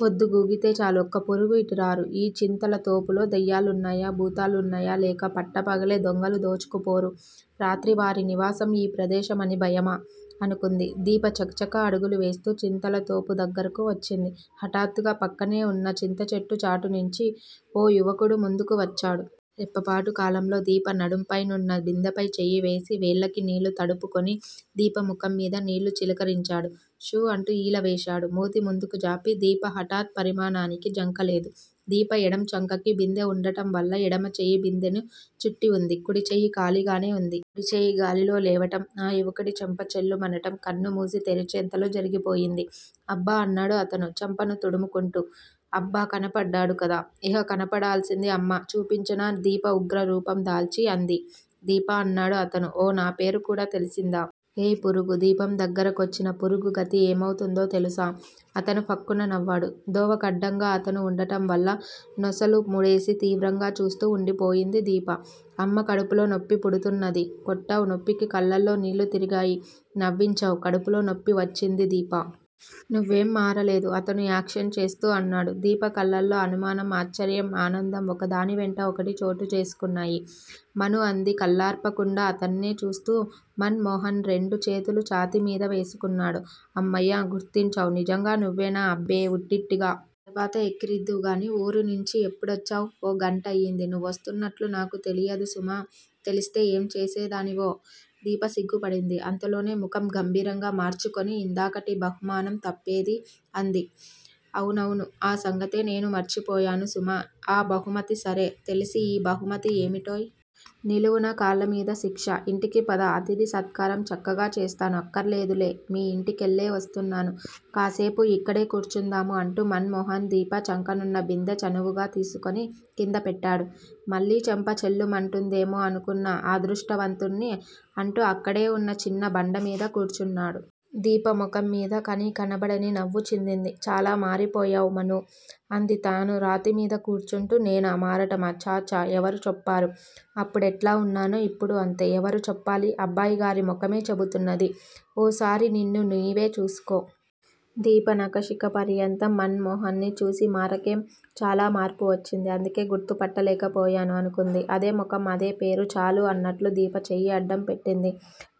పొద్దుగూకితే చాలు ఒక్క పురుగు ఇటు రారు. ఈ చింతలతోపులో దెయ్యాలున్నాయా? భూతాలున్నాయా? లేక పట్టపగలే దొంగలు దోచుకుపోరు. రాత్రి వారి నివాసం ఈ ప్రదేశం అని భయమా? అనుకుంది. దీప చకచక అడుగులు వేస్తు చింతలతోపు దగ్గరకు వచ్చింది. హఠాత్తుగా పక్కనే వున్న చింతచెట్టు చాటునుంచి ఓ యువకుడు ముందుకు వచ్చాడు. రెప్పపాటు కాలంలో దీప నడుం పైనున్న బిందెపై చెయ్యివేసి వేళ్ళకి నీళ్ళు తడుపుకుని దీప ముఖంమీద నీళ్ళు చిలకరించాడు. షూ అంటూ ఈలవేశాడు మూతి ముందుకు జాపి. దీప హఠాత్ పరిణామానికి జంకలేదు. దీప ఎడం చంకకి బిందె వుండటంవల్ల ఎడంచెయ్యి బిందెని చుట్టివుంది. కుడిచెయ్యి ఖాళీగానే వుంది. కుడిచెయ్యి గాలిలో లేవటం ఆ యువకుడి చెంప ఛెళ్లుమనటం కన్నుమూసి తెరిచేంతలో జరిగిపోయింది. అబ్బా! అన్నాడు అతను చెంపను తుడుముకుంటూ. అబ్బ కనపడ్డాడు కదా? ఇహ కనపడాల్సింది అమ్మ. చూపించనా? దీప ఉగ్రరూపం దాల్చి అంది. దీపా! అన్నాడు అతను. ఓ నా పేరు కూడా తెలిసిందా? ఏయ్ పురుగూ, దీపందగ్గర కొచ్చిన పురుగు గతి ఏమవుతుందో తెలుసా. అతను ఫక్కున నవ్వాడు. దోవ కడ్డంగా అతను వుండటం వల్ల నొసలు ముడేసి తీవ్రంగా చూస్తూ వుండిపోయింది దీప. అమ్మా, కడుపులో నొప్పిపుడుతున్నది. కొట్టావ్, నొప్పికి కళ్ళల్లో నీళ్ళుతిరిగాయి. నవ్వించావ్, కడుపులో నొప్పివచ్చింది. దీపా! నువ్వేం మారలేదు అతను యాక్షన్ చేస్తూ అన్నాడు. దీప కళ్ళల్లో అనుమానం, ఆశ్చర్యం, ఆనందం ఒక దాని వెంట ఒకటి చోటు చేసుకున్నాయి. మనూ! అంది కళ్ళార్పకుండా అతన్నే చూస్తూ. మన్ మోహన్ రెండు చేతులు ఛాతీమీద వేసుకున్నాడు. అమ్మయ్య, గుర్తించావ్! నిజంగా నువ్వేనా? అబ్బే ఉట్టిట్టిగా. తర్వాత ఎక్కిరిద్దువుగాని, ఊరునుంచి ఎప్పుడొచ్చావ్? ఓ గంటయింది. నువ్వొస్తున్నట్లు నాకు తెలియదు సుమా? తెలిస్తే ఏం చేసేదానివో? దీప సిగ్గుపడింది. అంతలోనే ముఖం గంభీరంగా మార్చుకుని ఇందాకటి బహుమానం తప్పేది అంది. అవునవును, ఆ సంగతే నే మర్చిపోయాను సుమా? ఆ బహుమతి సరే! తెలిసి ఈ బహుమతి ఏమిటోయ్? నిలువు కాళ్ళమీద శిక్ష. ఇంటికి పద, అతిధి సత్కారం చక్కగా చేస్తాను అక్కరలేదులే. మీ ఇంటి కెళ్ళే వస్తున్నాను. కాసేపు ఇక్కడే కూర్చుందాము అంటూ మన్ మోహన్, దీప చంకనున్న బిందె చనువుగా తీసుకుని కిందపెట్టాడు. మళ్ళీ చెంప ఛెళ్ళుమంటుందేమో అనుకున్నా అదృష్టవంతుడ్ని అంటూ అక్కడే వున్న చిన్న బండమీద కూర్చున్నాడు. దీప ముఖంమీద కనీ కనపడని నవ్వు చిందింది. చాలా మారిపొయ్యావ్ మనూ! అంది తనూ రాతి మీద కూర్చుంటూ. నేనా? మారటమా? ఛా ఛా ఎవరు చెప్పారు? అప్పుడెట్లా వున్నానో ఇప్పుడూ అంతే. ఎవరు చెప్పాలి, అబ్బాయిగారి ముఖమే చెపుతున్నది. ఓ సారి నిన్ను నీవే చూసుకో. దీప నఖశిఖ పర్యంతం మన్ మోహన్ ని చూసి మారకేం, చాలా మార్పు వచ్చింది. అందుకే గుర్తుపట్టలేక పోయాను అనుకుంది. అదే ముఖం అదే పేరు చాలు అన్నట్లు దీప చెయ్యి అడ్డంపెట్టింది.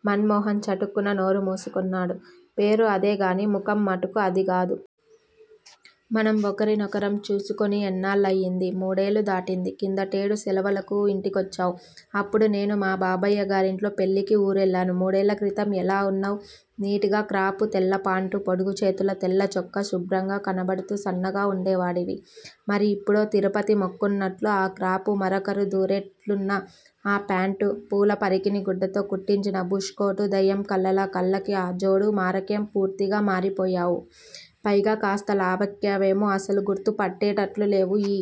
మన్ మోహన్ చటుక్కున నోరు మూసుకున్నాడు. పేరు అదేగాని ముఖం మటుకు అదిగాదు. మనం ఒకరినొకరం చూసుకుని ఎన్నాళ్ళయింది? మూడేళ్ళు దాటింది. కిందటేడు శలవులకి ఇంటికొచ్చావ్, అప్పుడు నేను మా బాబయ్యగారింట్లో పెళ్ళికి ఊరెళ్ళాను. మూడేళ్ళక్రితం ఎలా వున్నావ్? నీట్ గా క్రాపు, తెల్లపాంటు, పొడుగుచేతుల తెల్ల చొక్కా, శుభ్రంగా కనపడుతూ సన్నగా వుండేవాడివి. మరి ఇప్పుడో? తిరుపతి మొక్కున్నట్లు ఆ క్రాపు, మరొకరు దూరేట్లున్న ఆ పాంటు, పూల పరికిణీ గుడ్డతో కుట్టించిన బుష్ కోటు, దెయ్యం కళ్ళలా కళ్ళకి ఆ జోడు మారకేం పూర్తిగా మారిపొయ్యావు. పైగా కాస్త లావెక్కావేమే అసలు గుర్తు పట్టేటట్లు లేవు. ఈ